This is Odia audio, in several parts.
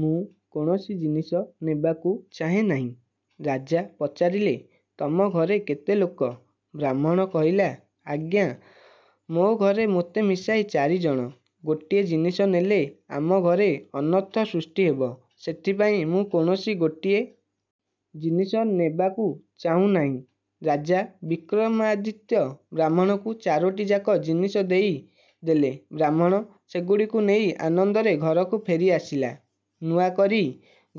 ମୁଁ କୌଣସି ଜିନିଷ ନେବାକୁ ଚାହେଁ ନାହିଁ। '' ରାଜା ପଚାରିଲେ-''ତମ ଘରେ କେତେ ଲୋକ? '' ବ୍ରାହ୍ମଣ କହିଲା- ''ଆଜ୍ଞା, ମୋ ଘରେ ମୋତେ ମିଶାଇ ଚାରି ଜଣ। ଗୋଟିଏ ଜିନିଷ ନେଲେ ଆମ ଘରେ ଅନର୍ଥ ସୃଷ୍ଟି ହେବ। ସେଥିପାଇଁ ମୁଁ କୌଣସି ଗୋଟିଏ। ଜିନିଷ ନେବାକୁ ଚାହୁଁ ନାହିଁ। ରାଜା ବିକ୍ରମାଦିତ୍ୟ ବ୍ରାହ୍ମଣକୁ ଚାରୋଟିଯାକ ଜିନିଷ ଦେଇ ଦେଲେ। ବ୍ରାହ୍ମଣ ସେଗୁଡ଼ିକୁ ନେଇ ଆନନ୍ଦରେ ଘରକୁ ଫେରି ଆସିଲା। ନୂଆ କରି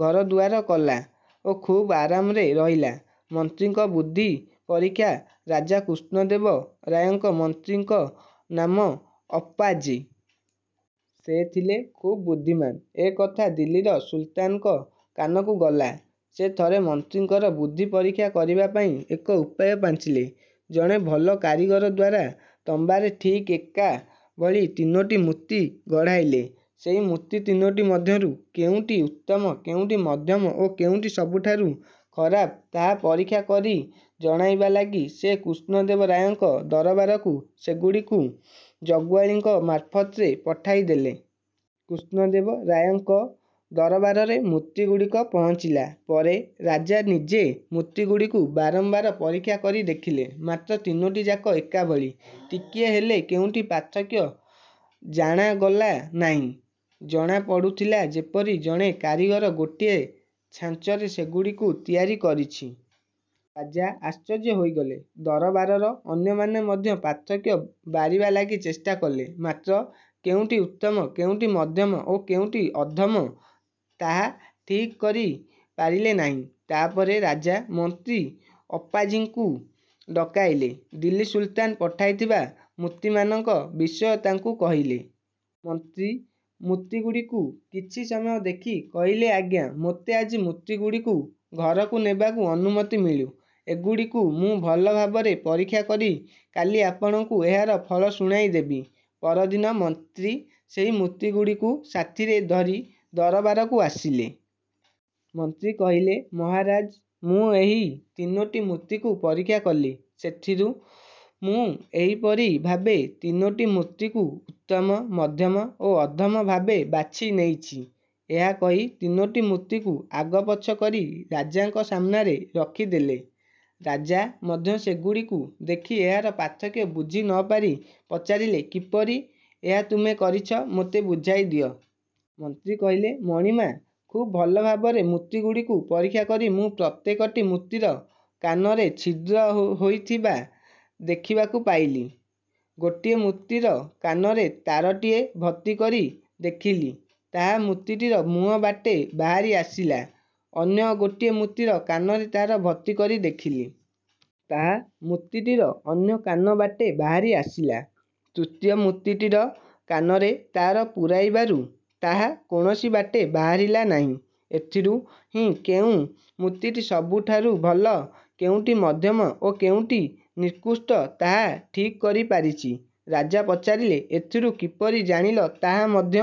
ଘର ଦୁଆର କଲା ଓ ଖୁବ୍ ଆରାମରେ ରହିଲା। ମନ୍ତ୍ରୀଙ୍କ ବୁଦ୍ଧି ପରୀକ୍ଷା ରାଜା କୃଷ୍ଣଦେବ ରାୟଙ୍କ ମନ୍ତ୍ରୀଙ୍କ ନାମ ଅପ୍ପାଜୀ। ସେ ଥିଲେ ଖୁବ୍ ବୁଦ୍ଧିମାନ୍। ଏକଥା ଦିଲ୍ଲୀର ସୁଲତାନଙ୍କ କାନକୁ ଗଲା। ସେ ଥରେ ମନ୍ତ୍ରୀଙ୍କର ବୁଦ୍ଧି ପରୀକ୍ଷା କରିବା ପାଇଁ ଏକ ଉପାୟ ପାଞ୍ଚିଲେ। ଜଣେ ଭଲ କାରିଗର ଦ୍ୱାରା ତମ୍ବାରେ ଠିକ୍ ଏକା ଭଳି ତିନୋଟି ମୂର୍ତ୍ତି ଗଢ଼ାଇଲେ। ସେଇ ମୂର୍ତ୍ତି ତିନୋଟି ମଧ୍ୟରୁ କେଉଁଟି ଉତ୍ତମ, କେଉଁଟି ମଧ୍ୟମ ଓ କେଉଁଟି ସବୁଠାରୁ ଖରାପ ତାହା ପରୀକ୍ଷା କରି ଜଣାଇବା ଲାଗି ସେ କୃଷ୍ଣଦେବ ରାୟଙ୍କ ଦରବାରକୁ ସେଗୁଡ଼ିକୁ ଜଗୁଆଳିଙ୍କ ମାର୍ଫତରେ ପଠାଇଦେଲେ। କୃଷ୍ଣଦେବ ରାୟଙ୍କ ଦରବାରରେ ମୂର୍ତ୍ତିଗୁଡ଼ିକ ପହଞ୍ଚିଲା ପରେ ରାଜା ନିଜେ ମୂର୍ତ୍ତିଗୁଡ଼ିକୁ ବାରମ୍ବାର ପରୀକ୍ଷା କରି ଦେଖିଲେ; ମାତ୍ର ତିନୋଟି ଯାକ ଏକା ଭଳି; ଟିକିଏ ହେଲେ କେଉଁଠି ପାର୍ଥକ୍ୟ ଜାଣାଗଲା ନାହିଁ। ଜଣା ପଡ଼ୁଥିଲା ଯେପରି ଜଣେ କାରିଗର ଗୋଟିଏ ଛାଞ୍ଚରେ ସେଗୁଡ଼ିକୁ ତିଆରି କରିଛି। ରାଜା ଆଶ୍ଚର୍ଯ୍ୟ ହୋଇଗଲେ। ଦରବାରର ଅନ୍ୟମାନେ ମଧ୍ୟ ପାର୍ଥକ୍ୟ ବାରିବା ଲାଗି ଚେଷ୍ଟା କଲେ। ମାତ୍ର କେଉଁଟି ଉତ୍ତମ, କେଉଁଟି ମଧ୍ୟମ ଓ କେଉଁଟି ଅଧମ ତାହା ଠିକ୍ କରି ପାରିଲେ ନାହିଁ। ତାପରେ ରାଜା ମନ୍ତ୍ରୀ ଅପ୍ପାଜୀଙ୍କୁ ଡକାଇଲେ। ଦିଲ୍ଲୀ ସୁଲତାନ ପଠାଇଥିବା ମୂର୍ତ୍ତିମାନଙ୍କ ବିଷୟ ତାଙ୍କୁ କହିଲେ। ମନ୍ତ୍ରୀ ମୂର୍ତ୍ତିଗୁଡ଼ିକୁ କିଛି ସମୟ ଦେଖି କହିଲେ-''ଆଜ୍ଞା, ମୋତେ ଆଜି ମୂର୍ତ୍ତିଗୁଡ଼ିକୁ ଘରକୁ ନେବାକୁ ଅନୁମତି ମିଳୁ। ଏଗୁଡ଼ିକୁ ମୁଁ ଭଲ ଭାବରେ ପରୀକ୍ଷା କରି କାଲି ଆପଣଙ୍କୁ ଏହାର ଫଳ ଶୁଣାଇ ଦେବି। '' ପରଦିନ ମନ୍ତ୍ରୀ ସେହି ମୂର୍ତ୍ତିଗୁଡ଼ିକୁ ସାଥିରେ ଧରି ଦରବାରକୁ ଆସିଲେ। ମନ୍ତ୍ରୀ କହିଲେ- ''ମହାରାଜ! ମୁଁ ଏହି ତିନୋଟି ମୂର୍ତ୍ତିକୁ ପରୀକ୍ଷା କଲି। ସେଥିରୁ ମୁଁ ଏହିପରି ଭାବେ ତିନୋଟି ମୂର୍ତ୍ତିକୁ ଉତ୍ତମ, ମଧ୍ୟମ ଓ ଅଧମ ଭାବେ ବାଛି ନେଇଛି''-ଏହା କହି ତିନୋଟି ମୂର୍ତ୍ତିକୁ ଆଗପଛ କରି ରାଜାଙ୍କ ସାମ୍ନାରେ ରଖି ଦେଲେ। ରାଜା ମଧ୍ୟ ସେଗୁଡ଼ିକୁ ଦେଖି ଏହାର ପାର୍ଥକ୍ୟ ବୁଝିନପାରି ପଚାରିଲେ-''କିପରି ଏହା ତୁମେ କରିଛ ମୋତେ ବୁଝାଇ ଦିଅ। '' ମନ୍ତ୍ରୀ କହିଲେ- ''ମଣିମା! ଖୁବ୍ ଭଲ ଭାବରେ ମୂର୍ତ୍ତିଗୁଡ଼ିକୁ ପରୀକ୍ଷା କରି ମୁଁ ପ୍ରତ୍ୟେକଟି ମୂର୍ତ୍ତିର କାନରେ ଛିଦ୍ର ହୋଇଥିବା ଦେଖିବାକୁ ପାଇଲି। ଗୋଟିଏ ମୂର୍ତ୍ତିର କାନରେ ତାରଟିଏ ଭର୍ତ୍ତିକରି ଦେଖିଲି ତାହା ମୂର୍ତ୍ତିଟିର ମୁହଁ ବାଟେ ବାହାରି ଆସିଲା। ଅନ୍ୟ ଗୋଟିଏ ମୂର୍ତ୍ତିର କାନରେ ତାର ଭର୍ତ୍ତିକରି ଦେଖିଲି। ତାହା ମୂର୍ତ୍ତିଟିର ଅନ୍ୟ କାନ ବାଟେ ବାହାରି ଆସିଲା। ତୃତୀୟ ମୂର୍ତ୍ତିଟିର କାନରେ ତାର ପୂରାଇବାରୁ ତାହା କୌଣସି ବାଟେ ବାହାରିଲା ନାହିଁ। ଏଥିରୁ ହିଁ କେଉଁ ମୂର୍ତ୍ତିଟି ସବୁଠାରୁ ଭଲ, କେଉଁଟି ମଧ୍ୟମ, ଓ କେଉଁଟି ନିକୃଷ୍ଟ ତାହା ଠିକ୍ କରି ପାରିଛି। '' ରାଜା ପଚାରିଲେ-''ଏଥିରୁ କିପରି ଜାଣିଲ ତାହା ମଧ୍ୟ